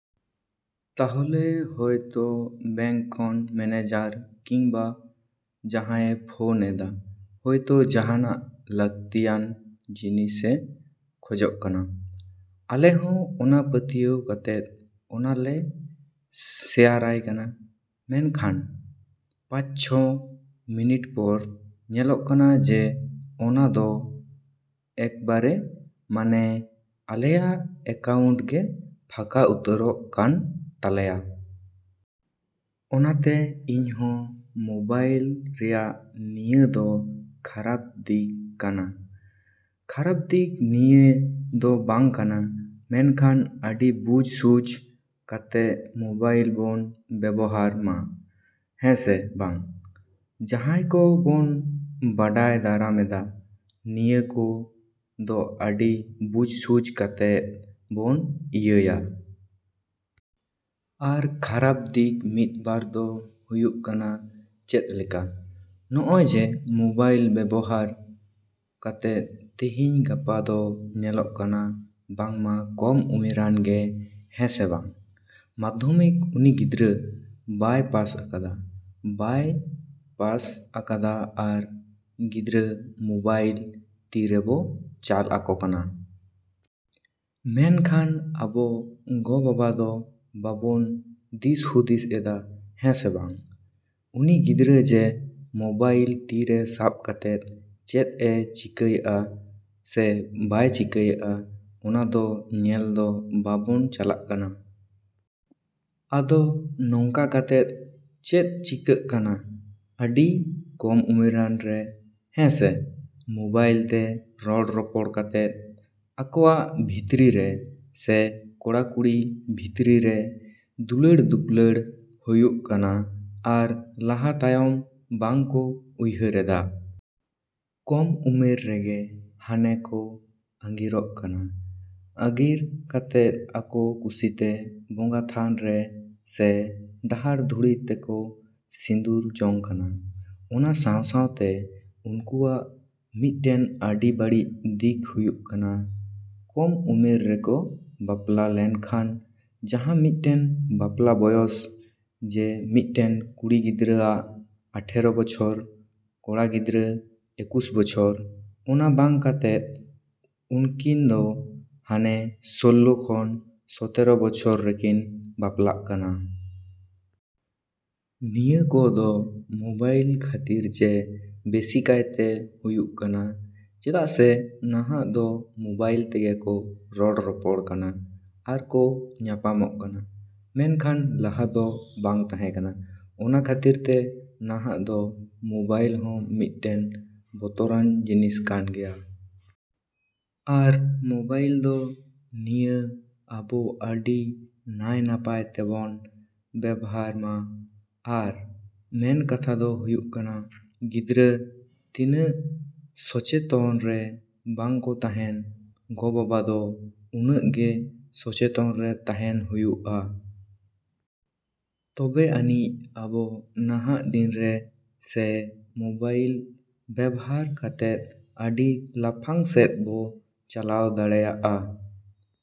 ᱛᱟᱦᱚᱞᱮ ᱦᱚᱭᱛᱚ ᱵᱮᱝᱠ ᱠᱷᱚᱱ ᱢᱮᱱᱮᱡᱟᱨ ᱠᱤᱢᱵᱟ ᱡᱟᱦᱟᱭᱮ ᱯᱷᱳᱱ ᱮᱫᱟ ᱦᱚᱭᱛᱚ ᱡᱟᱦᱟᱱᱟᱜ ᱞᱟᱹᱠᱛᱤᱭᱟᱱ ᱡᱤᱱᱤᱥᱮ ᱠᱷᱚᱡᱚᱜ ᱠᱟᱱᱟ᱾ ᱟᱞᱮ ᱦᱚᱸ ᱚᱱᱟ ᱯᱟᱹᱛᱭᱟᱹᱣ ᱠᱟᱛᱮᱫ ᱚᱱᱟ ᱞᱮ ᱥᱮᱭᱟᱨᱟᱭ ᱠᱟᱱᱟ᱾ ᱢᱮᱱᱠᱷᱟᱱ ᱯᱟᱪᱼᱪᱷᱚ ᱢᱤᱱᱤᱴ ᱯᱚᱨ ᱧᱮᱞᱚᱜ ᱠᱟᱱᱟ ᱡᱮ ᱚᱱᱟ ᱫᱚ ᱮᱠᱵᱟᱨᱮ ᱢᱟᱱᱮ ᱟᱞᱮᱭᱟᱜ ᱮᱠᱟᱣᱩᱱᱴ ᱜᱮ ᱯᱷᱟᱠᱟ ᱩᱛᱟᱹᱨᱚᱜ ᱠᱟᱱ ᱛᱟᱞᱮᱭᱟ᱾ ᱚᱱᱟᱛᱮ ᱤᱧᱦᱚᱸ ᱢᱚᱵᱟᱭᱤᱞ ᱨᱮᱭᱟᱜ ᱱᱤᱭᱟᱹ ᱫᱚ ᱠᱷᱟᱨᱟᱯ ᱫᱤᱠ ᱠᱟᱱᱟ᱾ ᱠᱷᱟᱨᱟᱯ ᱫᱤᱠ ᱫᱤᱭᱮ ᱫᱚ ᱵᱟᱝ ᱠᱟᱱᱟ ᱢᱮᱱᱠᱷᱟᱱ ᱟᱹᱰᱤ ᱵᱩᱡᱷ ᱥᱩᱡᱷ ᱠᱟᱛᱮᱫ ᱢᱚᱵᱟᱭᱤᱞ ᱵᱚᱱ ᱵᱮᱵᱷᱟᱨ ᱢᱟ᱾ ᱦᱮᱸᱥᱮ ᱵᱟᱝ? ᱡᱟᱦᱟᱸᱭ ᱠᱚ ᱵᱚᱱ ᱵᱟᱰᱟᱭ ᱫᱟᱨᱟᱢ ᱮᱫᱟ, ᱱᱤᱭᱟᱹ ᱠᱚ ᱫᱚ ᱟᱹᱰᱤ ᱵᱩᱡᱷ ᱥᱩᱡᱷ ᱠᱟᱛᱮᱫ ᱵᱚᱱ ᱤᱭᱟᱹᱭᱟ᱾ ᱟᱨ ᱠᱷᱟᱨᱟᱯ ᱫᱤᱠ ᱢᱤᱫ ᱵᱟᱨ ᱫᱚ ᱦᱩᱭᱩᱜ ᱠᱟᱱᱟ ᱪᱮᱫ ᱞᱮᱠᱟ? ᱱᱚᱜᱼᱚᱭ ᱡᱮ ᱢᱚᱵᱟᱭᱤᱞ ᱵᱮᱵᱷᱟᱨ ᱠᱟᱛᱮᱫ ᱛᱤᱦᱤᱧ ᱜᱟᱯᱟ ᱫᱚ ᱧᱮᱞᱚᱜ ᱠᱟᱱᱟ ᱵᱟᱝ ᱢᱟ ᱠᱚᱢ ᱩᱢᱮᱨᱟᱱ ᱜᱮ ᱦᱮᱸᱥᱮ ᱵᱟᱝ? ᱢᱟᱫᱷᱚᱢᱤᱠ ᱩᱱᱤ ᱜᱤᱫᱽᱨᱟᱹ ᱵᱟᱭ ᱯᱟᱥ ᱟᱠᱟᱫᱟ, ᱵᱟᱭ ᱯᱟᱥ ᱟᱠᱟᱫᱟ ᱟᱨ ᱜᱤᱫᱽᱨᱟᱹ ᱢᱚᱵᱟᱭᱤᱞ ᱛᱤ ᱨᱮᱵᱚ ᱪᱟᱞ ᱟᱠᱚ ᱠᱟᱱᱟ᱾ ᱢᱮᱱᱠᱷᱟᱱ ᱟᱵᱚ ᱜᱚ ᱵᱟᱵᱟ ᱫᱚ ᱵᱟᱵᱚᱱ ᱫᱤᱥ ᱦᱩᱫᱤᱥ ᱮᱫᱟ ᱦᱮᱸ ᱥᱮ ᱵᱟᱝ? ᱩᱱᱤ ᱜᱤᱫᱽᱨᱟᱹ ᱡᱮ ᱢᱚᱵᱟᱭᱤᱞ ᱛᱤ ᱨᱮ ᱥᱟᱵ ᱠᱟᱛᱮᱫ ᱪᱮᱫ ᱮ ᱪᱤᱠᱟᱹᱭᱮᱜᱼᱟ ᱥᱮ ᱵᱟᱭ ᱪᱤᱠᱟᱹᱭᱮᱫᱟ ᱚᱱᱟ ᱫᱚ ᱧᱮᱞ ᱫᱚ ᱵᱟᱵᱚᱱ ᱪᱟᱞᱟᱜ ᱠᱟᱱᱟ᱾ ᱟᱫᱚ ᱱᱚᱝᱠᱟ ᱠᱟᱛᱮᱫ ᱪᱮᱫ ᱪᱤᱠᱟᱜ ᱠᱟᱱᱟ? ᱟᱹᱰᱤ ᱠᱚᱢ ᱩᱢᱮᱨᱟᱱ ᱨᱮ ᱦᱮᱸ ᱥᱮ? ᱢᱚᱵᱟᱭᱤᱞ ᱛᱮ ᱨᱚᱲ ᱨᱚᱯᱚᱲ ᱠᱟᱛᱮᱫ ᱟᱠᱚᱭᱟᱜ ᱵᱷᱤᱛᱨᱤ ᱨᱮ ᱥᱮ ᱠᱚᱲᱟ ᱠᱩᱲᱤ ᱵᱷᱤᱛᱨᱤ ᱨᱮ ᱫᱩᱞᱟᱹᱲ ᱫᱩᱯᱞᱟᱹᱲ ᱦᱩᱭᱩᱜ ᱠᱟᱱᱟ ᱟᱨ ᱞᱟᱦᱟ ᱛᱟᱭᱚᱢ ᱵᱟᱝ ᱠᱚ ᱩᱭᱦᱟᱹᱨ ᱮᱫᱟ᱾ ᱠᱚᱢ ᱩᱢᱮᱨ ᱨᱮᱜᱮ ᱦᱟᱱᱮ ᱠᱚ ᱟᱹᱜᱤᱨᱚᱜ ᱠᱟᱱᱟ᱾ ᱟᱹᱜᱤᱨ ᱠᱟᱛᱮᱫ ᱟᱠᱚ ᱠᱩᱥᱤ ᱛᱮ ᱵᱚᱸᱜᱟ ᱛᱷᱟᱱ ᱨᱮ ᱥᱮ ᱰᱟᱦᱟᱨ ᱰᱷᱩᱲᱤ ᱛᱮᱠᱚ ᱥᱤᱸᱫᱩᱨ ᱡᱚᱝ ᱠᱟᱱᱟ᱾ ᱚᱱᱟ ᱥᱟᱶᱼᱥᱟᱶᱛᱮ ᱩᱱᱠᱩᱣᱟᱜ ᱢᱤᱫᱴᱮᱱ ᱟᱹᱰᱤ ᱵᱟᱹᱲᱤᱡ ᱫᱤᱠ ᱦᱤᱡᱩᱜ ᱠᱟᱱᱟ᱾ ᱠᱚᱢ ᱩᱢᱮᱨ ᱨᱮᱠᱚ ᱵᱟᱯᱞᱟ ᱞᱮᱱ ᱠᱷᱟᱱ ᱡᱟᱦᱟᱸ ᱢᱤᱫᱴᱮᱱ ᱵᱟᱯᱞᱟ ᱵᱚᱭᱚᱥ ᱡᱮ ᱢᱤᱫᱴᱮᱱ ᱠᱩᱲᱤ ᱜᱤᱫᱽᱨᱟᱹ ᱟᱜ ᱟᱴᱷᱮᱨᱚ ᱵᱚᱪᱷᱚᱨ, ᱠᱚᱲᱟ ᱜᱤᱫᱽᱨᱟᱹ ᱮᱠᱩᱥ ᱵᱚᱪᱷᱚᱨ, ᱚᱱᱟ ᱵᱟᱝ ᱠᱟᱛᱮᱫ ᱩᱱᱠᱤᱱ ᱫᱚ ᱦᱟᱱᱮ ᱥᱳᱞᱞᱳ ᱠᱷᱚᱱ ᱥᱚᱛᱮᱨᱚ ᱵᱚᱪᱷᱚᱨ ᱨᱮᱠᱤᱱ ᱵᱟᱯᱞᱟᱜ ᱠᱟᱱᱟ᱾ ᱱᱤᱭᱟᱹ ᱠᱚ ᱫᱚ ᱢᱚᱵᱟᱭᱤᱞ ᱠᱷᱟᱹᱛᱤᱨ ᱡᱮ ᱵᱮᱥᱤ ᱠᱟᱭᱛᱮ ᱦᱩᱭᱩᱜ ᱠᱟᱱᱟ᱾ ᱪᱮᱫᱟᱜ ᱥᱮ ᱱᱟᱦᱟᱜ ᱫᱚ ᱢᱚᱵᱟᱭᱤᱞ ᱛᱮᱜᱮ ᱠᱚ ᱨᱚᱲ ᱨᱚᱯᱚᱲ ᱠᱟᱱᱟ ᱟᱨ ᱠᱚ ᱧᱟᱯᱟᱢᱚᱜ ᱠᱟᱱᱟ᱾ ᱢᱮᱱᱠᱷᱟᱱ ᱞᱟᱦᱟ ᱫᱚ ᱵᱟᱝ ᱛᱟᱦᱮᱸ ᱠᱟᱱᱟ᱾ ᱚᱱᱟ ᱠᱷᱟᱹᱛᱤᱨ ᱛᱮ ᱱᱟᱦᱟᱜ ᱫᱚ ᱢᱚᱵᱟᱭᱤᱞ ᱦᱚᱸ ᱢᱤᱫᱴᱮᱱ ᱵᱚᱛᱚᱨᱟᱱ ᱡᱤᱱᱤᱥ ᱠᱟᱱ ᱜᱮᱭᱟ᱾ ᱟᱨ ᱢᱚᱵᱟᱭᱤᱞ ᱫᱚ ᱱᱤᱭᱟᱹ ᱟᱵᱚ ᱟᱹᱰᱤ ᱱᱟᱭ ᱱᱟᱯᱟᱭ ᱛᱮᱵᱚᱱ ᱵᱮᱵᱷᱟᱨ ᱢᱟ᱾ ᱟᱨ ᱢᱮᱱ ᱠᱟᱛᱷᱟ ᱫᱚ ᱦᱩᱭᱩᱜ ᱠᱟᱱᱟ ᱜᱤᱫᱽᱨᱟᱹ ᱛᱤᱱᱟᱹᱜ ᱥᱚᱪᱮᱛᱚᱱ ᱨᱮ ᱵᱟᱝ ᱠᱚ ᱛᱟᱦᱮᱸᱱ, ᱜᱚ ᱵᱟᱵᱟ ᱫᱚ ᱩᱱᱟᱹᱜ ᱜᱮ ᱥᱚᱪᱮᱛᱚᱱ ᱨᱮ ᱛᱟᱦᱮᱸᱱ ᱦᱩᱭᱩᱜᱼᱟ᱾ ᱛᱚᱵᱮ ᱟᱹᱱᱤᱡ ᱟᱵᱚ ᱱᱟᱦᱟᱜ ᱫᱤᱱ ᱨᱮ ᱥᱮ ᱢᱚᱵᱟᱭᱤᱞ ᱵᱮᱵᱷᱟᱨ ᱠᱟᱛᱮᱫ ᱟᱹᱰᱤ ᱞᱟᱯᱷᱟᱝ ᱥᱮᱫ ᱵᱚ ᱪᱟᱞᱟᱣ ᱫᱟᱲᱮᱭᱟᱜᱼᱟ᱾।